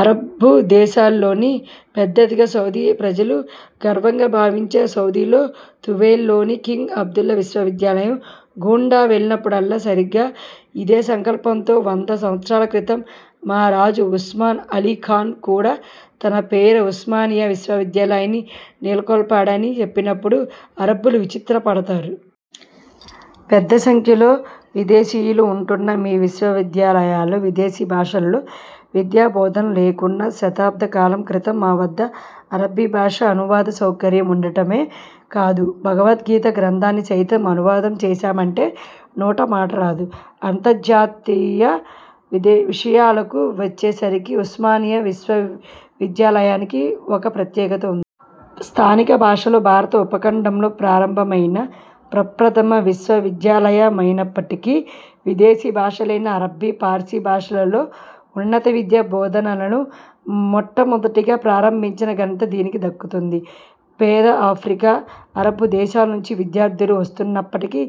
అరబ్బు దేశాలన్నింటిలోనూ పెద్దదిగా, సౌదీ ప్రజలు గర్వంగా భావించే సౌదీలో తువేల్ లోని కింగ్ అబ్దుల్లా విశ్వవిద్యాలయం గూండా వెళ్ళినప్పుడల్లా సరిగ్గా ఇదే సంకల్పంతో వంద సంవత్సరాల క్రితం మా రాజు ఉస్మాన్ అలీ ఖాన్ కూడ తన పేర ఉస్మానియా విశ్వవిద్యాలయాన్ని నెలకొల్పాడని చెప్పినప్పుడు అరబ్బులు విచిత్రపడతారు. పెద్ద సంఖ్యలో విదేశీయులు ఉంటున్నా మీ విశ్వవిద్యాలయాలలో విదేశీ భాషలలో విద్యా బోధన లేకున్నా శతాబ్ద కాలం క్రితం మా వద్ద అరబ్బీ భాష అనువాద సౌకర్యం ఉండడమే కాదు, భగవద్గీత గ్రంథాన్ని సైతం అనువాదం చేసామంటే నోట మాట రాదు. అంతర్జాతీయ విషయాలకు వచ్చేసరికి ఉస్మానియా విశ్వవిద్యాలయానికి ఒక ప్రత్యేకత ఉంది. స్థానిక భాషలో భారత ఉపఖండంలో ప్రారంభమైన ప్రప్రథమ విశ్వవిద్యాలయమైనప్పటికీ విదేశీ భాషలైన అరబ్బీ, పార్సీ భాషలలో ఉన్నత విద్యా బోధనలను మొట్టమొదటగా ప్రారంభిం చిన ఘనత దీనికి దక్కుతుంది. పేద ఆఫ్రికా, అరబ్బు దేశాల నుంచి విద్యా ర్థులు వస్తున్నప్పటికీ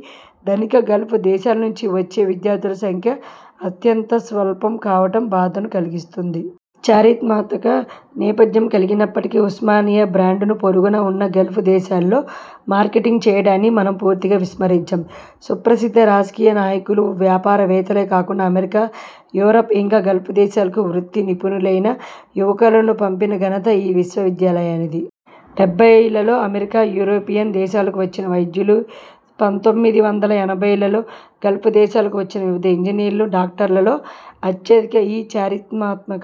ధనిక గల్ఫ్ దేశాల నుంచి వచ్చే విద్యార్థుల సంఖ్య అత్యంత స్వల్పం కావటం బాధను కల్గిస్తుంది. చారిత్ర్మాక నేపథ్యం కల్గినప్పటికీ ఉస్మా నియా బ్రాండును పొరుగున ఉన్న గల్ఫ్ దేశాల్లో మార్కెటింగ్ చేయడాన్ని మనం పూర్తిగా విస్మరించాం. సుప్రసిద్ధ రాజకీయ నాయకులు, వ్యాపార వేత్తలే కాకుండా అమెరికా, యూరోప్, ఇంకా గల్ఫ్ దేశాలకు వృత్తి నిపుణులైన యువకులను పంపిన ఘనత ఈ విశ్వవిద్యాలయానిది. డెబ్బైలలో అమెరికా, యూరోపియన్ దేశాలకు వచ్చిన వైద్యులు, పంతొమ్మిది వందల ఎనభైలలో గల్ఫ్ దేశాలకు వచ్చిన వివిధ ఇంజినీర్లు, డాక్టర్లలో అత్యధికులు ఈ చారిత్ర్మాక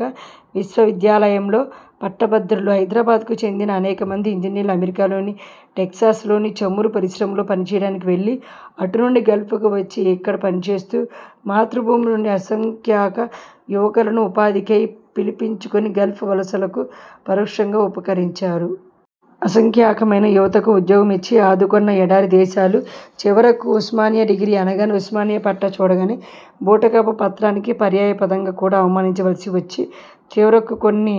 విశ్వవిద్యాలయంలో పట్టభద్రులు. హైదరాబాద్ కు చెందిన అనేక మంది ఇంజినీర్లు అమెరికాలోని టెక్సాస్ లోని చమురు పరిశ్రమలలో పని చేయడానికి వెళ్ళి అటు నుండి గల్్ఫకు వచ్చి ఇక్కడ పని చేస్తూ మాతృభూమి నుండి అసంఖ్యాక యువకులను ఉపాధి కై పిలిపించుకొని గల్ఫ్ వలసలకు పరోక్షంగా ఉపకరించారు. అసంఖ్యాకమైన యువతకు ఉద్యోగం ఇచ్చి ఆదుకొన్న ఎడారి దేశాలు చివరకు ఉస్మానియా డిగ్రీ అనగానే, ఉస్మానియా పట్టా చూడగానే, బూటకపు పత్రానికి పర్యాయ పదంగా కూడా అనుమానించవలసి వచ్చి చివరకు కొన్ని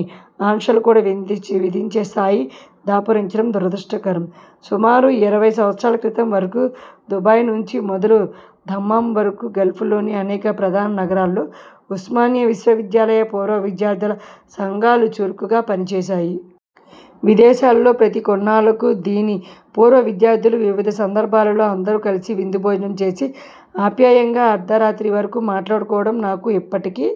ఆంక్షలు కూడా విధించే స్థాయి దాపురించడం దురదృష్టకరం. సుమారు ఇరవై సంవత్సరాల క్రితం వరకు దుబాయి నుంచి మొదలు దమ్మాం వరకు గల్ఫ్ లోని అనేక ప్రధాన నగరాలలో ఉస్మానియా విశ్వవిద్యాలయ పూర్వ విద్యార్థుల సంఘాలు చురుకుగా పని చేసాయి. విదేశాలలో ప్రతి కొన్నాళ్ళకు దీని పూర్వ విద్యార్థులు వివిధ సందర్భాలలో అందరు కలిసి విందు భోజనం చేసి అప్యాయంగా అర్ధరాత్రి వరకు మాట్లాడుకోవడం నాకు ఇప్పటికి